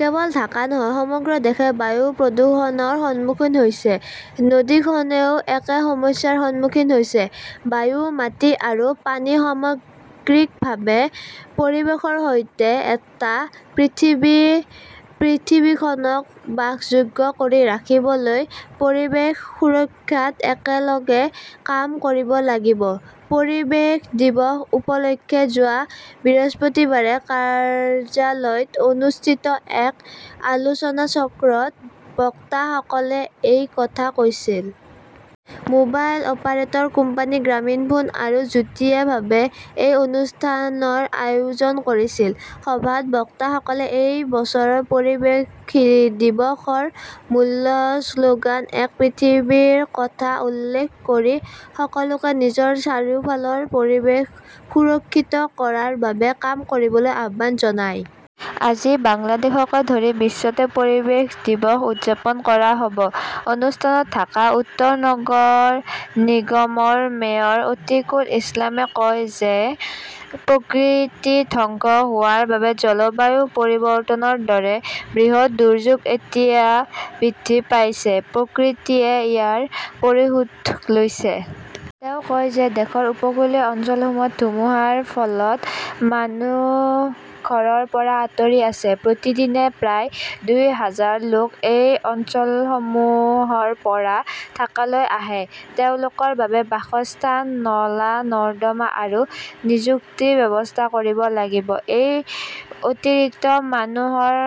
কেৱল ঢাকা নহয়, সমগ্ৰ দেশে বায়ু প্ৰদূষণৰ সন্মুখীন হৈছে। নদীখনেও একে সমস্যাৰ সন্মুখীন হৈছে। বায়ু, মাটি আৰু পানী-সামগ্ৰিকভাৱে পৰিৱেশৰ সৈতে এটা পৃথিৱী। পৃথিৱীখনক বাসযোগ্য কৰি ৰাখিবলৈ পৰিৱেশ সুৰক্ষাত একেলগে কাম কৰিব লাগিব। পৰিৱেশ দিৱস উপলক্ষে যোৱা বৃহস্পতিবাৰে কাৰ্যালয়ত অনুষ্ঠিত এক আলোচনাচক্ৰত বক্তাসকলে এই কথা কৈছিল। মোবাইল অপাৰেটৰ কোম্পানী গ্ৰামীণফোন আৰু যুটীয়াভাৱে এই অনুষ্ঠানৰ আয়োজন কৰিছিল। সভাত বক্তাসকলে এই বছৰৰ পৰিৱেশ দিৱসৰ মূল শ্লোগান "এক পৃথিৱী"ৰ কথা উল্লেখ কৰি সকলোকে নিজৰ চাৰিওফালৰ পৰিৱেশ সুৰক্ষিত কৰাৰ বাবে কাম কৰিবলৈ আহ্বান জনায়। আজি বাংলাদেশকে ধৰি সমগ্ৰ বিশ্বতে পৰিৱেশ দিৱস উদযাপন কৰা হ'ব। অনুষ্ঠানত ঢাকা উত্তৰ নগৰ নিগমৰ মেয়ৰ অতীকুল ইছলামে কয় যে, প্ৰকৃতি ধ্বংস হোৱাৰ বাবে জলবায়ু পৰিৱৰ্তনৰ দৰে বৃহৎ দুৰ্যোগ এতিয়া বৃদ্ধি পাইছে। প্ৰকৃতিয়ে ইয়াৰ প্ৰতিশোধ লৈছে। তেওঁ কয় যে দেশৰ উপকূলীয় অঞ্চলসমূহত ধুমুহাৰ ফলত মানুহ ঘৰৰ পৰা আঁতৰি আছে। প্ৰতিদিনে প্ৰায় দুই হাজাৰ লোক এই অঞ্চলসমূহৰ পৰা ঢাকালৈ আহে। তেওঁলোকৰ বাবে বাসস্থান, নলা-নৰ্দমা আৰু নিযুক্তিৰ ব্যৱস্থা কৰিব লাগিব। এই অতিৰিক্ত মানুহৰ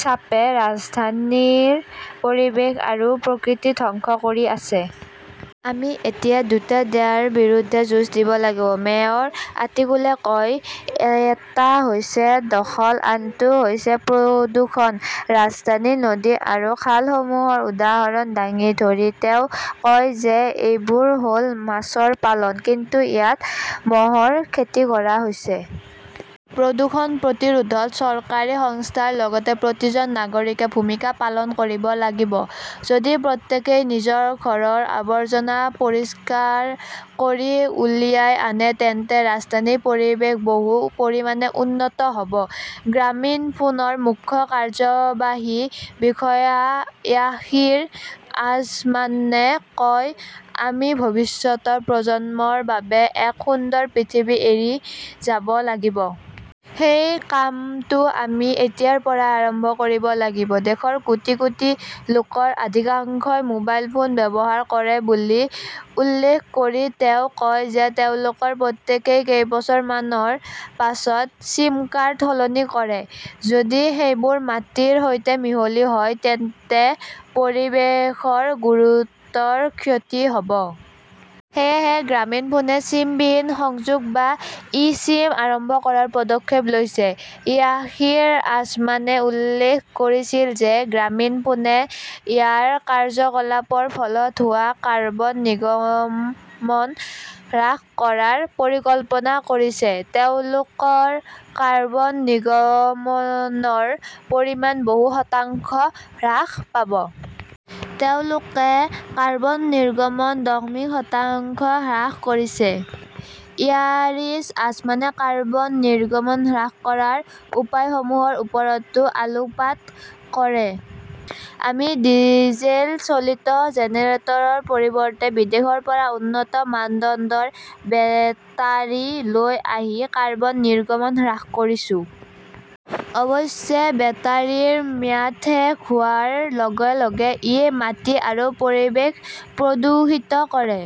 চাপে ৰাজধানীৰ পৰিৱেশ আৰু প্ৰকৃতি ধ্বংস কৰি আছে। "আমি এতিয়া দুটা "দ্য"ৰ বিৰুদ্ধে যুঁজ দিব লাগিব", মেয়ৰ আতিকুলে কয়। এটা হৈছে দখল, আনটো হৈছে প্ৰদূষণ। "ৰাজধানীৰ নদী আৰু খালসমূহৰ উদাহৰণ দাঙি ধৰি তেওঁ কয় যে এইবোৰ হ'ল মাছ পালন। কিন্তু ইয়াত মহৰ খেতি কৰা হৈছে। প্ৰদূষণ প্ৰতিৰোধত চৰকাৰী সংস্থাৰ লগতে প্ৰতিজন নাগৰিকে ভূমিকা পালন কৰিব লাগিব। যদি প্ৰত্যেকেই নিজৰ ঘৰৰ আৱৰ্জনা পৰিষ্কাৰ কৰি উলিয়াই আনে, তেন্তে ৰাজধানীৰ পৰিৱেশ বহু পৰিমাণে উন্নত হ'ব। গ্ৰামীণফোনৰ মুখ্য কাৰ্যবাহী বিষয়া য়াসিৰ আজমানে কয়,"আমি ভৱিষ্যতৰ প্ৰজন্মৰ বাবে এক সুন্দৰ পৃথিৱী এৰি যাব লাগিব।" সেই কামটো আমি এতিয়াৰ পৰাই আৰম্ভ কৰিব লাগিব।" দেশৰ কোটি কোটি লোকৰ অধিকাংশই মোবাইল ফোন ব্যৱহাৰ কৰে বুলি উল্লেখ কৰি তেওঁ কয় যে তেওঁলোকৰ প্ৰত্যেকেই কেইবছৰমানৰ পাছত চিমকাৰ্ড সলনি কৰে। যদি সেইবোৰ মাটিৰ সৈতে মিহলি হয় তেন্তে পৰিৱেশৰ গুৰুতৰ ক্ষতি হ'ব। সেয়েহে গ্ৰামীণফোনে চিমবিহীন সংযোগ বা ই-চিম আৰম্ভ কৰাৰ পদক্ষেপ লৈছে। য়াসিৰ আজমানে উল্লেখ কৰিছিল যে গ্ৰামীণফোনে ইয়াৰ কাৰ্যকলাপৰ ফলত হোৱা কাৰ্বন নিৰ্গমন হ্ৰাস কৰাৰ পৰিকল্পনা কৰিছে। তেওঁলোকৰ কাৰ্বন নিৰ্গমনৰ পৰিমাণ বহু শতাংশ হ্ৰাস পাব। তেওঁলোকে কাৰ্বন নিৰ্গমন দশমিক শতাংশ হ্ৰাস কৰিছে। ইয়াছিৰ আজমানে কাৰ্বন নিৰ্গমন হ্ৰাস কৰাৰ উপায়সমূহৰ ওপৰতো আলোকপাত কৰে। "আমি ডিজেল চালিত জেনেৰেটৰৰ পৰিৱৰ্তে বিদেশৰ পৰা উন্নত মানদণ্ডৰ বেটাৰী লৈ আহি কাৰ্বন নিৰ্গমন হ্ৰাস কৰিছোঁ। অৱশ্যে, বেটাৰিৰ ম্যাদ শেষ হোৱাৰ লগে লগে ই মাটি আৰু পৰিৱেশ প্ৰদূষিত কৰে।"